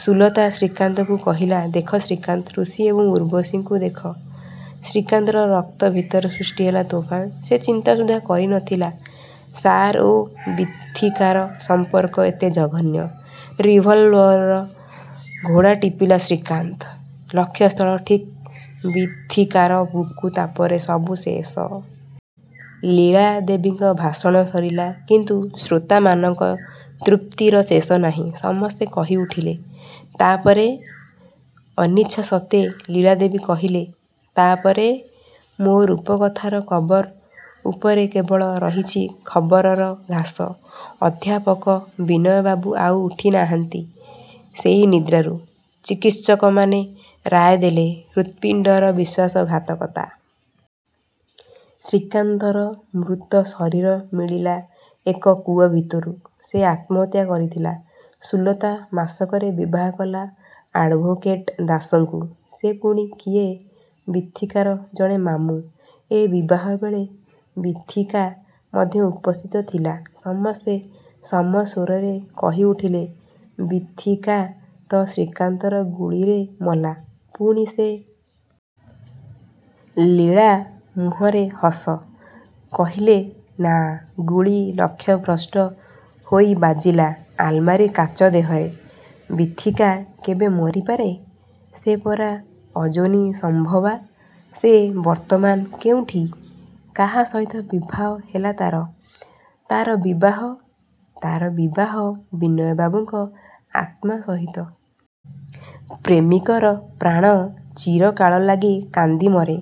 ସୁଲତା ଶ୍ରୀକାନ୍ତକୁ କହିଲା-"ଦେଖ, ଶ୍ରୀକାନ୍ତ! ଋଷି ଏବଂ ଉର୍ବଶୀଙ୍କୁ ଦେଖ। '' ଶ୍ରୀକାନ୍ତର ରକ୍ତ ଭିତରେ ସୃଷ୍ଟି ହେଲା ତୋଫାନ୍। ସେ ଚିନ୍ତା ସୁଦ୍ଧା କରି ନ ଥିଲା-ସାର୍ ଓ ବିଥିକାର ସଂପର୍କ ଏତେ ଜଘନ୍ୟ। ରିଭଲ୍ଭରର ଘୋଡ଼ାଟିପିଲା ଶ୍ରୀକାନ୍ତ-ଲକ୍ଷ୍ୟସ୍ଥଳ ଠିକ୍ ବିଥିକାର ବୁକୁ-ତାପରେ ସବୁ ଶେଷ। ଲୀଳାଦେବୀଙ୍କ ଭାଷଣ ସରିଲା। କିନ୍ତୁ ଶ୍ରୋତାମାନଙ୍କ ତୃପ୍ତିର ଶେଷନାହିଁ। ସମସ୍ତେ କହି ଉଠିଲେ-ତା'ପରେ? ଅନିଚ୍ଛା ସତ୍ୱେ ଲୀଳାଦେବୀ କହିଲେ, "ତାପରେ? ମୋ ରୂପକଥାର କବର ଉପରେ କେବଳ ରହିଚି ଖବରର ଘାସ। ଅଧ୍ୟାପକ ବିନୟ ବାବୁ ଆଉ ଉଠି ନାହାଁନ୍ତି ସେଇ ନିଦ୍ରାରୁ। ଚିକିତ୍ସକମାନେ ରାୟ ଦେଲେ-ହୃତ୍ପିଣ୍ଡର ବିଶ୍ୱାସଘାତକତା-.। ଶ୍ରୀକାନ୍ତର ମୃତ ଶରୀର ମିଳିଲା ଏକ କୂଅଭିତରୁ। ସେ ଆତ୍ମହତ୍ୟା କରିଥିଲା। ସୁଲତା ମାସକରେ ବିବାହ କଲା ଆଡ଼ଭୋକେଟ୍ ଦାସଙ୍କୁ। "ସେ ପୁଣି କିଏ? '' "ବିଥିକାର ଜଣେ ମାମୁଁ। ଏ ବିବାହବେଳେ ବିଥିକା ମଧ୍ୟ ଉପସ୍ଥିତ ଥିଲା। '' ସମସ୍ତେ ସମସ୍ୱରରେ କହି ଉଠିଲେ, "ବିଥିକା ତ ଶ୍ରୀକାନ୍ତର ଗୁଳିରେ ମଲା-ପୁଣି ସେ-? '' ଲୀଳା ମୁହଁରେ ହସ। କହିଲେ, "ନା-ଗୁଳି ଲକ୍ଷ୍ୟଭ୍ରଷ୍ଟ ହୋଇ ବାଜିଲା ଆଲମାରୀ କାଚ ଦେହରେ। ବିଥିକା କେବେ ମରିପାରେ? ସେ ପରା ଅଯୋନିସମ୍ଭବା? '' "ସେ ବର୍ତ୍ତମାନ କେଉଁଠି? କାହା ସହିତ ବିବାହ ହେଲା ତାର? '' "ତାର ବିବାହ? ତାର ବିବାହ, ବିନୟ ବାବୁଙ୍କ ଆତ୍ମା ସହିତ। ପ୍ରେମିକର ପ୍ରାଣ ଚିରକାଳ ଲାଗି କାନ୍ଦି ମରେ।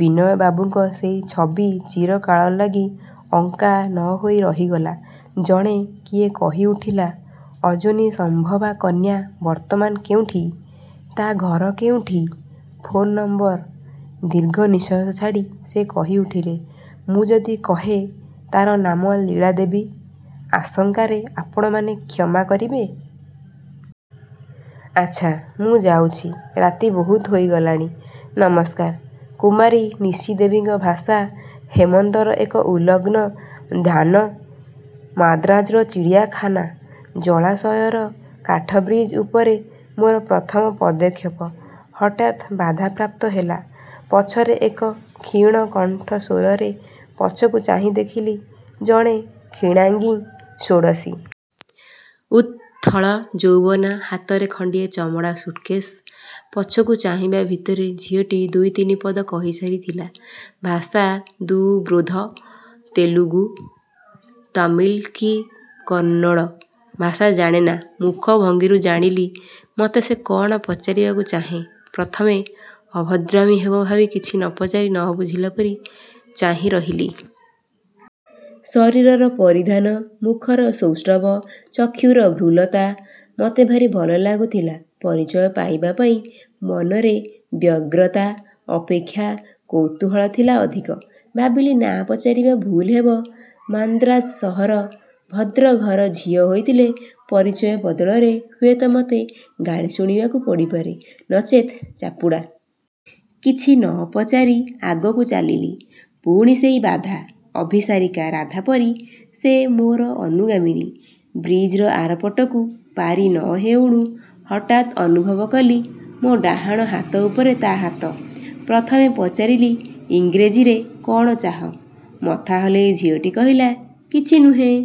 ବିନୟ ବାବୁଙ୍କ ସେଇ ଛବି ଚିରକାଳ ଲାଗି ଅଙ୍କା ନ ହୋଇ ରହିଗଲା-। '' ଜଣେ କିଏ କହି ଉଠିଲା "ଅଯୋନିସମ୍ଭବା କନ୍ୟା ବର୍ତ୍ତମାନ କେଉଁଠି? ତା'ଘର କେଉଁଠି? Phone number? '' ଦୀର୍ଘ ନିଶ୍ୱାସ ଛାଡ଼ି ସେ କହି ଉଠିଲେ, "ମୁଁ ଯଦି କହେଁ, ତାର ନାମ ଲୀଳା ଦେବୀ, ଆଶାକରେ ଆପଣମାନେ କ୍ଷମା କରିବେ। ଆଚ୍ଛା ମୁଁ ଯାଉଛି। ରାତି ବହୁତ ହୋଇଗଲାଣି। ନମସ୍କାର। '' କୁମାରୀ ନିଶିଦେବୀଙ୍କ ଭାଷା ହେମନ୍ତର ଏକ ଉଲଗ୍ନ ଧ୍ୟାହ୍ନ। ମାନ୍ଦ୍ରାଜର ଚିଡ଼ିଆଖାନା। ଜଳାଶୟର କାଠବ୍ରିଜ ଉପରେ ମୋର ପ୍ରଥମ ପଦକ୍ଷେପ ହଠାତ୍ ବାଧାପ୍ରାପ୍ତ ହେଲା। ପଛରେ ଏକ କ୍ଷୀଣ କଣ୍ଠ ସ୍ୱରରେ। ପଛକୁ ଚାହିଁ ଦେଖିଲି ଜଣେ କ୍ଷୀଣାଙ୍ଗୀ ଷୋଡ଼ଶୀ। ଉତ୍ଥଳ ଯୌବନା। ହାତରେ ଖଣ୍ଡିଏ ଚମଡ଼ା ସୁଟକେଶ୍। ପଛକୁ ଚାହିଁବା ଭିତରେ ଝିଅଟି ଦୁଇତିନିପଦ କହି ସାରିଥିଲା। ଭାଷା ଦୁର୍ବୋଧ୍ୟ। ତେଲୁଗୁ, ତାମିଲ କି କନ୍ନଡ଼ ଭାଷା ଜାଣେନା। ମୁଖ ଭଙ୍ଗୀରୁ ଜାଣିଲି, ମତେ ସେ କ'ଣ ପଚାରିବାକୁ ଚାହେଁ। ପ୍ରଥମେ ଅଭଦ୍ରାମି ହେବ ଭାବି କିଛି ନ ପଚାରି ନ ବୁଝିଲା ପରି ଚାହିଁରହିଲି। ଶରୀରର ପରିଧାନ, ମୁଖର ସୌଷ୍ଠବ, ଚକ୍ଷୁର ଭ୍ରୂଲତା ମତେ ଭାରି ଭଲ ଲାଗୁଥିଲା। ପରିଚୟ ପାଇବାପାଇଁ ମନରେ ବ୍ୟଗ୍ରତା ଅପେକ୍ଷା କୌତୂହଳ ଥିଲା ଅଧିକ। ଭାବିଲି ନାଁ ପଚାରିବା ଭୁଲ ହେବ। ମାନ୍ଦ୍ରାଜ ସହର। ଭଦ୍ରଘର ଝିଅ ହୋଇଥିଲେ ପରିଚୟ ବଦଳରେ ହୁଏତ ମତେ ଗାଳି ଶୁଣିବାକୁ ପଡ଼ିପାରେ, ନଚେତ ଚାପୁଡ଼ା। କିଛି ନ ପଚାରି ଆଗକୁ ଚାଲିଲି। ପୁଣି ସେଇ ବାଧା। ଅଭିସାରିକା ରାଧାପରି ସେ ମୋର ଅନୁଗାମିନୀ। ବ୍ରିଜର ଆରପଟକୁ ପାରି ନ ହେଉଣୁ ହଠାତ୍ ଅନୁଭବକଲି ମୋ ଡାହାଣ ହାତ ଉପରେ ତା ହାତ। ପ୍ରଥମେ ପଚାରିଲି ଇଂରେଜୀରେ, "କ'ଣ ଚାହଁ? ' ମଥା ହଲେଇ ଝିଅଟି କହିଲା, "କିଛି ନୁହେଁ।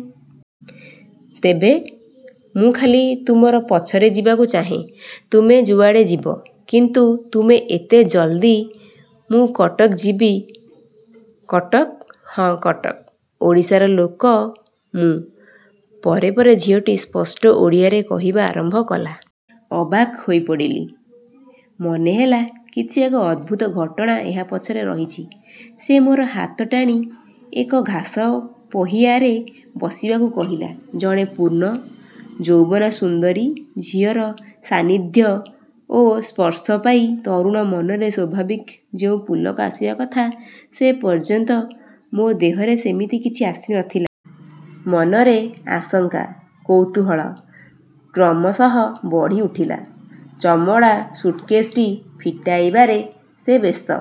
'' "ତେବେ? '' "ମୁଁ ଖାଲି ତୁମର ପଛରେ ଯିବାକୁ ଚାହେଁ- ତୁମେ ଯୁଆଡ଼େ ଯିବ। କିନ୍ତୁ ତୁମେ ଏତେ ଜଲ୍ଦି-. " "ମୁଁ କଟକ ଯିବି? '' "କଟକ? '' "ହଁ କଟକ, ଓଡ଼ିଶାର ଲୋକ ମୁଁ'' ପରେ ପରେ ଝିଅଟି ସ୍ପଷ୍ଟ ଓଡ଼ିଆରେ କହିବା ଆରମ୍ଭ କଲା। ଅବାକ୍ ହୋଇପଡ଼ିଲି। ମନେହେଲା କିଛି ଏକ ଅଦ୍ଭୁତ ଘଟଣା ଏହା ପଛରେ ରହିଛି। ସେ ମୋର ହାତଟାଣି ଏକ ଘାସ ପହିଆରେ ବସିବାକୁ କହିଲା। ଜଣେ ପୂର୍ଣ୍ଣ। ଯୌବନା ସୁନ୍ଦରୀ ଝିଅର ସାନ୍ନିଧ୍ୟ ଓ ସ୍ପର୍ଶପାଇ ତରୁଣ ମନରେ ସ୍ୱାଭାବିକ ଯେଉଁ ପୁଲକ ଆସିବା କଥା ସେ ପର୍ଯ୍ୟନ୍ତ ମୋ ଦେହରେ ସେମିତି କିଛି ଆସି ନ ଥିଲା। ମନରେ ଆଶଙ୍କା, କୌତୂହଳ କ୍ରମଶଃ ବଢ଼ି ଉଠିଲା। ଚମଡ଼ା ସୁଟକେଶଟି ଫିଟାଇବାରେ ସେ ବ୍ୟସ୍ତ।